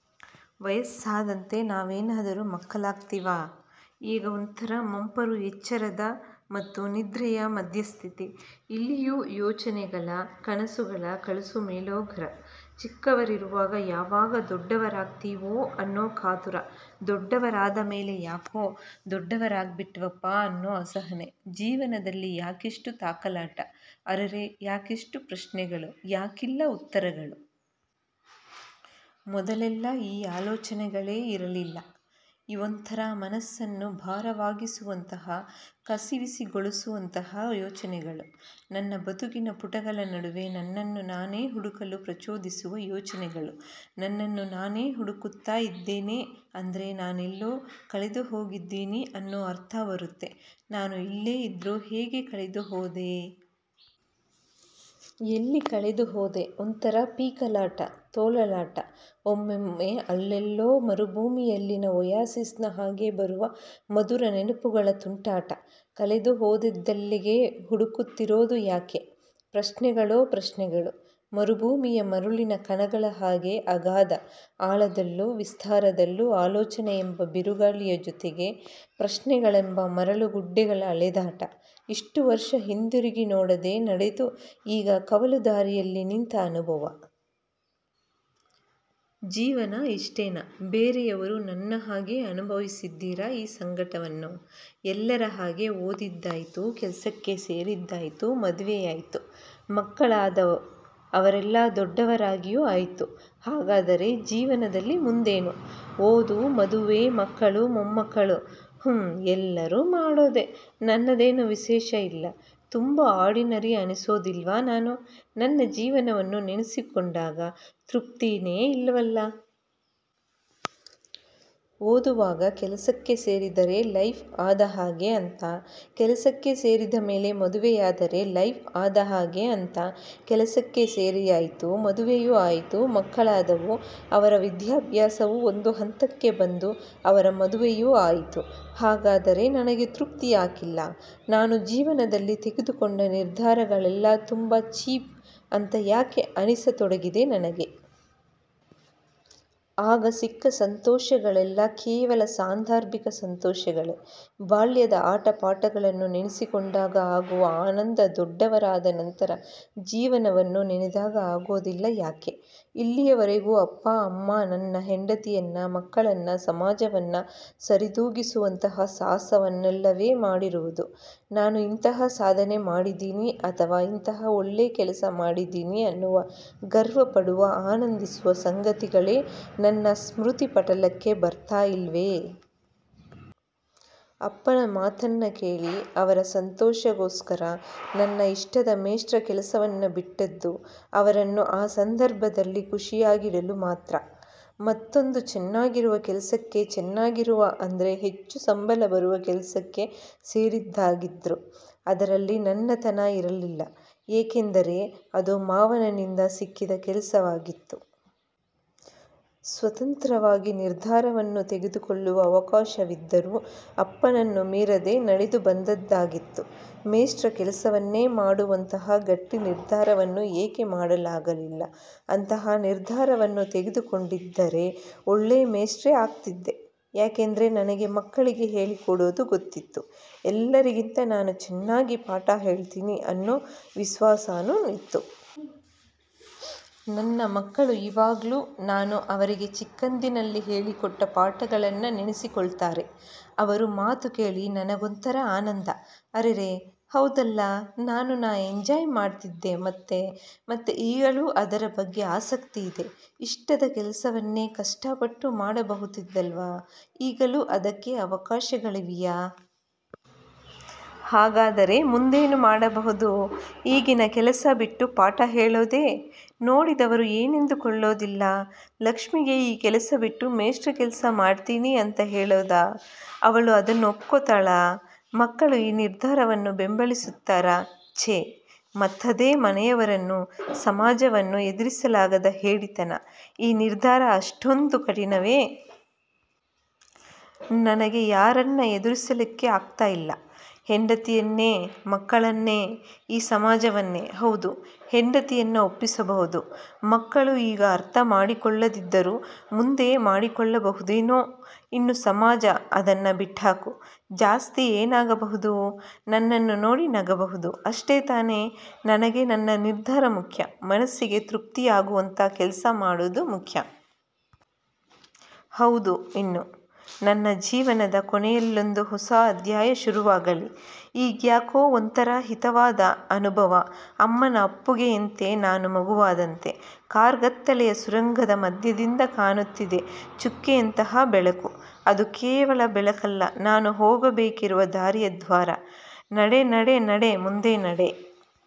" ವಯಸ್ಸಾದಂತೆ ನಾವೇನಾದರೂ ಮಕ್ಕಳಾಗ್ತೀವ? ಈಗ ಒಂಥರಾ ಮಂಪರುಎಚ್ಚರದ ಮತ್ತು ನಿದ್ರೆಯ ಮಧ್ಯ ಸ್ಥಿತಿ. ಇಲ್ಲಿಯೂ ಯೋಚನೆಗಳ, ಕನಸುಗಳ ಕಲಸುಮೇಲೋಗರ. ಚಿಕ್ಕವರಿರುವಾಗ ಯಾವಾಗ ದೊಡ್ದವರಾಗ್ತೀವೋ ಅನ್ನೋ ಕಾತುರ. ದೊಡ್ಡವರಾದ ಮೇಲೆ ಯಾಕೆ ದೊಡ್ಡವರಾಗಿಬಿಟ್ಟೆವಪ್ಪ ಅನ್ನೋ ಅಸಹನೆ. ಜೀವನದಲ್ಲಿ ಯಾಕಿಷ್ಟು ತಾಕಲಾಟ? ಅರೆರೆ ಯಾಕಿಷ್ಟು ಪ್ರಶ್ನೆಗಳು? ಯಾಕಿಲ್ಲ ಉತ್ತರಗಳು? ಮೊದಲೆಲ್ಲ ಈ ಆಲೋಚನೆಗಳೇ ಇರಲಿಲ್ಲ. ಇವೊಂತರ ಮನಸ್ಸನ್ನು ಭಾರವಾಗಿಸುವಂತಹ, ಕಸಿವಿಸಿಗೊಲೋಸುವಂತಹ ಯೋಚನೆಗಳು. ನನ್ನ ಬದುಕಿನ ಪುಟಗಳ ನಡುವೆ ನನ್ನನ್ನು ನಾನೇ ಹುಡುಕಲು ಪ್ರಚೋದಿಸುವ ಯೋಚನೆಗಳು. ನನ್ನನು ನಾನೇ ಹುಡುಕುತ್ತ ಇದ್ದೆನಿ ಅಂದ್ರೆ ನಾನೆಲ್ಲೋ ಕಳೆದುಹೊಗಿದ್ದೀನಿ ಅನ್ನೋ ಅರ್ಥ ಬರುತ್ತೆ. ನಾನು ಇಲ್ಲೇ ಇದ್ರೂ ಹೇಗೆ ಕಳೆದುಹೋದೆ? ಎಲ್ಲಿ ಕಳೆದುಹೋದೆ? ಒಂಥರಾ ಪೀಕಲಾಟ, ತೊಳಲಾಟ. ಒಮ್ಮೊಮ್ಮೆ ಅಲ್ಲೆಲ್ಲೋ ಮರುಭೂಮಿಯಲ್ಲಿನ ಓಯಸಿಸ್ ನ ಹಾಗೆ ಬರುವ ಮಧುರ ನೆನಪುಗಳ ತುಂಟಾಟ. ಕಳೆದುಹೊದದ್ದೆಲ್ಲಿಗೆ, ಹುಡುಕುತ್ತಿರೋದು ಯಾಕೆ? ಪ್ರಶ್ನೆಗಳೋ ಪ್ರಶ್ನೆಗಳು. ಮರುಭೂಮಿಯ ಮರಳಿನ ಕಣಗಳ ಹಾಗೆಅಗಾಧ ಅಳದಲ್ಲೂ, ವಿಸ್ತಾರದಲ್ಲೂ. ಆಲೋಚನೆಯೆಂಬ ಬಿರುಗಾಳಿಯ ಜೊತೆಗೆ ಪ್ರಶ್ನೆಗಳೆಂಬ ಮರಳುಗುಡ್ಡೆಗಳ ಅಲೆದಾಟ. ಇಷ್ಟು ವರ್ಷ ಹಿಂದಿರುಗಿ ನೋಡದೆ ನಡೆದು ಈಗ ಕವಲುದಾರಿಯಲ್ಲಿ ನಿಂತ ಅನುಭವ. ಜೀವನ ಇಷ್ಟೇನಾ? ಬೇರೆಯವರು ನನ್ನ ಹಾಗೆ ಅನುಭವಿಸಿದ್ದಾರ ಈ ಸಂಕಟವನ್ನು? ಎಲ್ಲರ ಹಾಗೆ ಓದಿದ್ದಾಯಿತು, ಕೆಲಸಕ್ಕೆ ಸೇರಿದ್ದಾಯಿತು, ಮದುವೆಯಾಯಿತು, ಮಕ್ಕಳಾದವುಅವರೆಲ್ಲ ದೊಡ್ದವರಾಗಿಯು ಆಯ್ತು. ಹಾಗಾದರೆ ಜೀವನದಲ್ಲಿ ಮುಂದೇನು? ಓದುಮದುವೆಮಕ್ಕಳುಮೊಮ್ಮಕ್ಕಳುಉಹುಂಎಲ್ಲರು ಮಾಡೋದೇ. ನನ್ನದೇನು ವಿಶೇಷ ಇಲ್ಲ. ತುಂಬ ಆರ್ಡಿನರಿ ಅನಿಸೋದಿಲ್ವಾ ನಾನು? ನನ್ನ ಜೀವನವನ್ನ ನೆನಸಿಕೊಂಡಾಗ ತ್ರುಪ್ತಿನೆ ಇಲ್ಲವಲ್ಲ! ಓದುವಾಗ ಕೆಲಸಕ್ಕೆ ಸೇರಿದರೆ ಲೈಫ್ ಆದ ಹಾಗೆ ಅಂತ ಕೆಲಸಕ್ಕೆ ಸೇರಿದ ಮೇಲೆ ಮದುವೆಯಾದರೆ ಲೈಫ್ ಆದ ಹಾಗೆ ಅಂತ. ಕೆಲಸಕ್ಕೆ ಸೇರಿಯಾಯಿತು, ಮದುವೆಯು ಆಯಿತು, ಮಕ್ಕಳಾದವು, ಅವರ ವಿದ್ಯಾಭ್ಯಾಸವು ಒಂದು ಹಂತಕ್ಕೆ ಬಂದು ಅವರ ಮದುವೆಯು ಆಯಿತು. ಹಾಗಾದರೆ ನನಗೆ ತೃಪ್ತಿ ಯಾಕಿಲ್ಲ? ನಾನು ಜೀವನದಲ್ಲಿ ತೆಗೆದುಕೊಂಡ ನಿರ್ಧಾರಗಳೆಲ್ಲ ತುಂಬ ಚೀಪ್ ಅಂತ ಯಾಕೆ ಅನಿಸತೊಡಗಿದೆ ನನಗೆ? ಆಗ ಸಿಕ್ಕ ಸಂತೋಷಗಳೆಲ್ಲ ಕೇವಲ ಸಾಂಧರ್ಭಿಕ ಸಂತೋಷಗಳೇ? ಬಾಲ್ಯದ ಆಟ ಪಾಠಗಳನ್ನು ನೆನೆಸಿಕೊಂಡಾಗ ಆಗುವ ಆನಂದದೊಡ್ಡವರಾದ ನಂತರ ಜೀವನವನ್ನು ನೆನೆದಾಗ ಆಗೋದಿಲ್ಲ ಯಾಕೆ? ಇಲ್ಲಿಯವರೆಗೂ ಅಪ್ಪ ಅಮ್ಮನನ್ನ, ಹೆಂಡತಿಯನ್ನ, ಮಕ್ಕಳನ್ನ, ಸಮಾಜವನ್ನ ಸರಿದೂಗಿಸುವಂತಹ ಸಾಹಸವನ್ನಲ್ಲವೇ ಮಾಡಿರಿವುದು? ನಾನು ಇಂತಹ ಸಾಧನೆ ಮಾಡಿದೀನಿ ಅಥವಾ ಇಂತಹ ಒಳ್ಳೆ ಕೆಲಸ ಮಾಡಿದ್ದೀನಿ ಅನ್ನುವ, ಗರ್ವಪಡುವ, ಆನಂದಿಸುವ ಸಂಗತಿಗಳೇ ನನ್ನ ಸ್ಮೃತಿಪಟಲಕ್ಕೆ ಬರ್ತಾ ಇಲ್ವೆ? ಅಪ್ಪನ ಮಾತನ್ನ ಕೇಳಿ ಅವರ ಸಂತೋಷಕ್ಕೋಸ್ಕರ ನನ್ನ ಇಷ್ಟದ ಮೇಷ್ಟ್ರ ಕೆಲಸವನ್ನ ಬಿಟ್ಟದ್ದು ಅವರನ್ನು ಆ ಸಂಧರ್ಭದಲ್ಲಿ ಖುಷಿಯಾಗಿಡಲು ಮಾತ್ರ. ಮತ್ತೊಂದು ಚೆನ್ನಾಗಿರುವ ಕೆಲಸಕ್ಕೆಚೆನ್ನಾಗಿರುವ ಅಂದ್ರೆ ಹೆಚ್ಚು ಸಂಬಳ ಬರುವ ಕೆಲಸಕ್ಕೆ ಸೇರಿದ್ದಾಗಿದ್ದ್ರು ಅದರಲ್ಲಿ ನನ್ನತನ ಇರಲಿಲ್ಲ. ಏಕೆಂದರೆ ಅದು ಮಾವನ ನಿಂದ ಸಿಕ್ಕಿದ ಕೆಲಸವಾಗಿತ್ತು. ಸ್ವತಂತ್ರವಾಗಿ ನಿರ್ಧಾರವನ್ನು ತೆಗೆದುಕೊಳ್ಳುವ ಅವಕಾಶವಿದ್ದರೂ ಅಪ್ಪನನ್ನು ಮೀರದೆ ನಡೆದು ಬಂದದ್ದಾಗಿತ್ತು. ಮೇಷ್ಟ್ರ ಕೆಲಸವನ್ನೇ ಮಾಡುವಂತಹ ಗಟ್ಟಿ ನಿರ್ಧಾರವನ್ನು ಏಕೆ ಮಾಡಲಾಗಲಿಲ್ಲ? ಅಂತಹ ನಿರ್ಧಾರವನ್ನು ತೆಗೆದುಕೊಂಡಿದ್ದಾರೆ ಒಳ್ಳೆ ಮೇಷ್ಟ್ರೇ ಆಗ್ತಿದ್ದೆ. ಯಾಕೆಂದರೆ ನನಗೆ ಮಕ್ಕಳಿಗೆ ಹೇಳಿಕೊಡೋದು ಗೊತ್ತಿತ್ತು. ಎಲ್ಲರಿಗಿಂತ ನಾನು ಚೆನ್ನಾಗಿ ಪಾಠ ಹೇಳ್ತೀನಿ ಅನ್ನೋ ವಿಶ್ವಾಸಾನು ಇತ್ತು. ನನ್ನ ಮಕ್ಕಳು ಈವಾಗ್ಲು ನಾನು ಅವರಿಗೆ ಚಿಕ್ಕಂದಿನಲ್ಲಿ ಹೇಳಿಕೊಟ್ಟ ಪಾಠಗಳನ್ನ ನೆನೆಸಿಕೊಳ್ತಾರೆ. ಅವರ ಮಾತು ಕೇಳಿ ನನಗೊಂತರ ಆನಂದ. ಅರೆರೆ ಹೌದಲ್ಲ ನಾನು ನ ಎಂಜಾಯ್ ಮಾಡ್ತಿದ್ದೆ ಮತ್ತೆ.. ಮತ್ತೆ ಈಗಲೂ ಅದರ ಬಗ್ಗೆ ಆಸಕ್ತಿ ಇದೆ. ಇಷ್ಟದ ಕೆಲಸವನ್ನೇ ಕಷ್ಟಪಟ್ಟು ಮಾಡಬಹುದಿತ್ತಲ್ವ? ಈಗಲೂ ಅದಕ್ಕೆ ಅವಕಾಶಗಳಿವೆಯಾ? ಹಾಗಾದರೆ ಮುಂದೇನು ಮಾಡಬಹುದು? ಈಗಿನ ಕೆಲಸ ಬಿಟ್ಟು ಪಾಠ ಹೇಳೋದೇ? ನೋಡಿದವರು ಏನೆಂದುಕೊಳ್ಳೋದಿಲ್ಲ. ಲಕ್ಷ್ಮಿಗೆ ಈ ಕೆಲಸ ಬಿಟ್ಟು ಮೇಷ್ಟ್ರ ಕೆಲಸ ಮಾಡ್ತೀನಿ ಅಂತ ಹೇಳೋದ? ಅವಳು ಅದನ್ನು ಒಪ್ಕೊತಾಳ? ಮಕ್ಕಳು ಈ ನಿರ್ಧಾರವನ್ನು ಬೆಂಬಲಿಸುತ್ತಾರ? ಛೆ ಮತ್ತದೇ ಮನೆಯವರನ್ನು, ಸಮಾಜವನ್ನು ಎದುರಿಸಲಾಗದ ಹೇಡಿತನ. ಈ ನಿರ್ಧಾರ ಅಷ್ಟೊಂದು ಕಠಿಣವೇ? ನನಗೆ ಯಾರನ್ನ ಎದುರಿಸಲಿಕ್ಕೆ ಆಗ್ತ ಇಲ್ಲ? ಹೆಂಡತಿಯನ್ನೇ? ಮಕ್ಕಳನ್ನೇ? ಈ ಸಮಾಜವನ್ನೇ? ಹೌದು ಹೆಂಡತಿಯನ್ನ ಒಪ್ಪಿಸಬಹುದು. ಮಕ್ಕಳು ಈಗ ಅರ್ಥ ಮಾಡಿಕೊಳ್ಳದಿದ್ದರೂ ಮುಂದೆ ಮಾಡಿಕೊಳ್ಳಬಹುದೇನೋ. ಇನ್ನು ಸಮಾಜಅದನ್ನ ಬಿಟ್ಹಾಕು. ಜಾಸ್ತಿ ಏನಾಗಬಹುದು? ನನ್ನನ್ನು ನೋಡಿ ನಗಬಹುದು. ಅಷ್ಟೆತಾನೆ. ನನಗೆ ನನ್ನ ನಿರ್ಧಾರ ಮುಖ್ಯ. ಮನಸ್ಸಿಗೆ ತ್ರುಪ್ತಿಯಗುವಂತ ಕೆಲಸ ಮಾಡೋದು ಮುಖ್ಯ. ಹೌದು ಇನ್ನು. ನನ್ನ ಜೀವನದ ಕೊನೆಯಲ್ಲೊಂದು ಹೊಸ ಅಧ್ಯಾಯ ಶುರುವಾಗಲಿ. ಈಗ್ಯಾಕೋ ಒಂಥರಾ ಹಿತವಾದ ಅನುಭವ ಅಮ್ಮನ ಅಪ್ಪುಗೆಯಂತೆ ನಾನು ಮಗುವಾದಂತೆ. ಕಾರ್ಗತ್ತಲೆಯ ಸುರಂಗದ ಮಧ್ಯದಿಂದ ಕಾಣುತ್ತಿದೆ ಚುಕ್ಕೆಯಂತಹ ಬೆಳಕು. ಅದು ಕೇವಲ ಬೆಳಕಲ್ಲ ನಾನು ಹೋಗಬೇಕಿರುವ ದಾರಿಯ ದ್ವಾರ. ನಡೆನಡೆನಡೆ ಮುಂದೆ ನಡೆ.